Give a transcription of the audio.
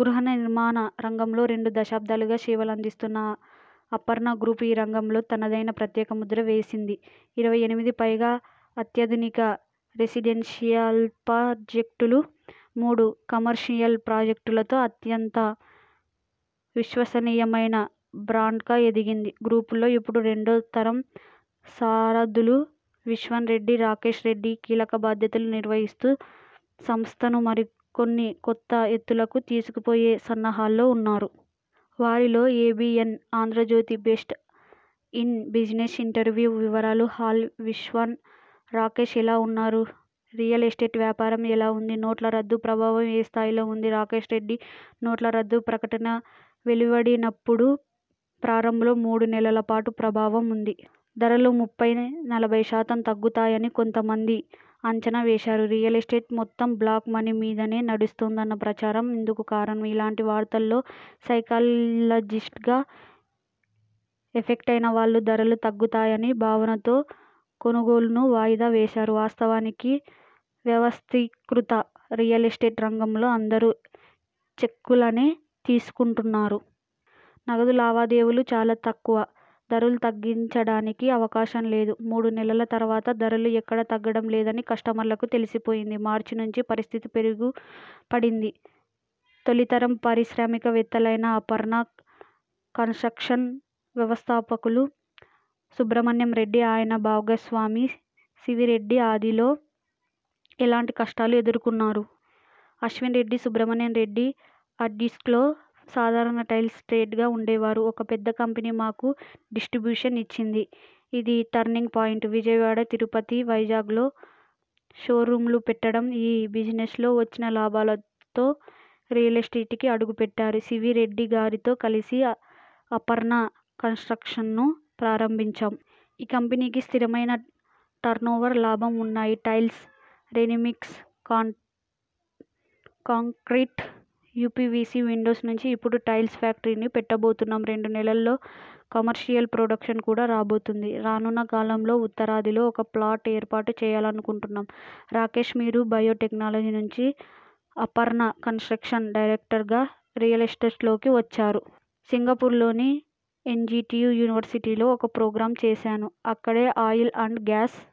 గృహ నిర్మాణ రంగంలో రెండు దశాబ్దాలుగా సేవలను అందిస్తున్న అపర్ణ గ్రూప్ ఈ రంగంలో తనదైన ప్రత్యేక ముద్ర వేసింది. ఇరవై ఎనిమిది పైగా అత్యాధునిక రెసిడెన్షియల్ప్రాజెక్టులు, మూడు కమర్షియల్ ప్రాజెక్టులతో అత్యంత విశ్వసనీయమైన బ్రాండ్గా ఎదిగింది. గ్రూప్లో ఇప్పుడు రెండో తరం సారథులు అశ్విన్ రెడ్డి, రాకేష్ రెడ్డి కీలక బాధ్యతలు నిర్వహిస్తూ, సంస్థను మరిన్ని కొత్త ఎత్తులకు తీసుకుపోయే సన్నాహాల్లో ఉన్నారు. వారిలో ABN Andhrajyothy ''best in business '' interview వివరాలు హలో అశ్విన్, రాకేష్ ఎలా ఉన్నారు? రియల్ ఎస్టేట్ వ్యాపారం ఎలా ఉంది? నోట్ల రద్దు ప్రభావం ఏ స్థాయిలో ఉంది? రాకేష్ రెడ్డి నోట్ల రద్దు ప్రకటన వెలువడినప్పుడు ప్రారంభంలో మూడు నెలల పాటు ప్రభావం ఉంది. ధరలు ముప్పై, నలభై శాతం తగ్గుతాయని కొంత మంది అంచనావేశారు. రియల్ ఎస్టేట్ మొత్తం బ్లాక్ మనీ మీదనే నడుస్తోందన్న ప్రచారం ఇందుకు కారణం. ఇలాంటి వార్తలో సైకలాజిస్ట్ ఎఫెక్ట్ అయిన వాళ్లు ధరలు తగ్గుతాయన భావనతో కొనుగోళ్లను వాయిదా వేశారు. వాస్తవానికి వ్యవస్థీకృత రియల్ ఎస్టేట్ రంగంలో అందరూ చెక్కులనే తీసుకుంటున్నారు. నగదు లావాదేవీలు చాలా తక్కువ. ధరలు తగ్గించడానికి అవకాశం లేదు. మూడు నెలల తర్వాత ధరలు ఎక్కడా తగ్గడం లేదని కస్టమర్లకు తెలిసిపోయింది. మార్చి నుంచి పరిస్థితి మెరుగుపడింది. తొలితరం పారిశ్రామికవేత్తలైన అపర్ణ కన్స్ట్రక్షన్ వ్యవస్థాపకులు సుబ్రహ్మణ్య రెడ్డి, ఆయన భాగస్వామి సివి రెడ్డి ఆదిలో ఎలాంటి కష్టాలు ఎదుర్కొన్నారు? అశ్విన్ రెడ్డి సుబ్రహ్మణ్యరెడ్డి అబిడ్స్లో సాధారణ టైల్స్ ట్రేడర్గా ఉండేవారు. ఒక పెద్ద కంపెనీ మాకు డిస్ర్టిబ్యూషన్ ఇచ్చింది. ఇది టర్నింగ్ పాయింట్. విజయవాడ, తిరుపతి, వైజాగ్లో షోరూమ్లు పెట్టాం. ఈ బిజినెస్లో వచ్చిన లాభాలతో రియల్టీలోకి అడుగుపెట్టారు. సివి రెడ్డిగారితో కలిసి అపర్ణ కన్స్ట్రక్షన్ను ప్రారంభించాం. ఈ కంపెనీకి స్థిరమైన టర్నోవర్, లాభం ఉన్నాయి. Tiles, ready mix concrete concrete, UPVC windows నుంచి ఇప్పుడు టైల్స్ ఫ్యాక్టరీని పెట్టబోతున్నాం. రెండు నెలల్లో కమర్షియల్ ప్రొడక్షన్ కూడా రాబోతోంది. రానున్న కాలంలో ఉత్తరాదిలో ఒక ప్లాట్ ఏర్పాటు చేయాలనుకుంటున్నాం. రాకేష్ మీరు బయోటెక్నాలజీ నుంచి అపర్ణ కన్స్ట్రక్షన్స్ డైరెక్టర్గా రియల్ ఎస్టేట్లోకి వచ్చారు. సింగపూర్లోని ఎన్టియు యూనివర్సిటీలో ఒక ప్రోగ్రామ్ చేశాను. అక్కడే ఆయిల్ అండ్ గ్యాస్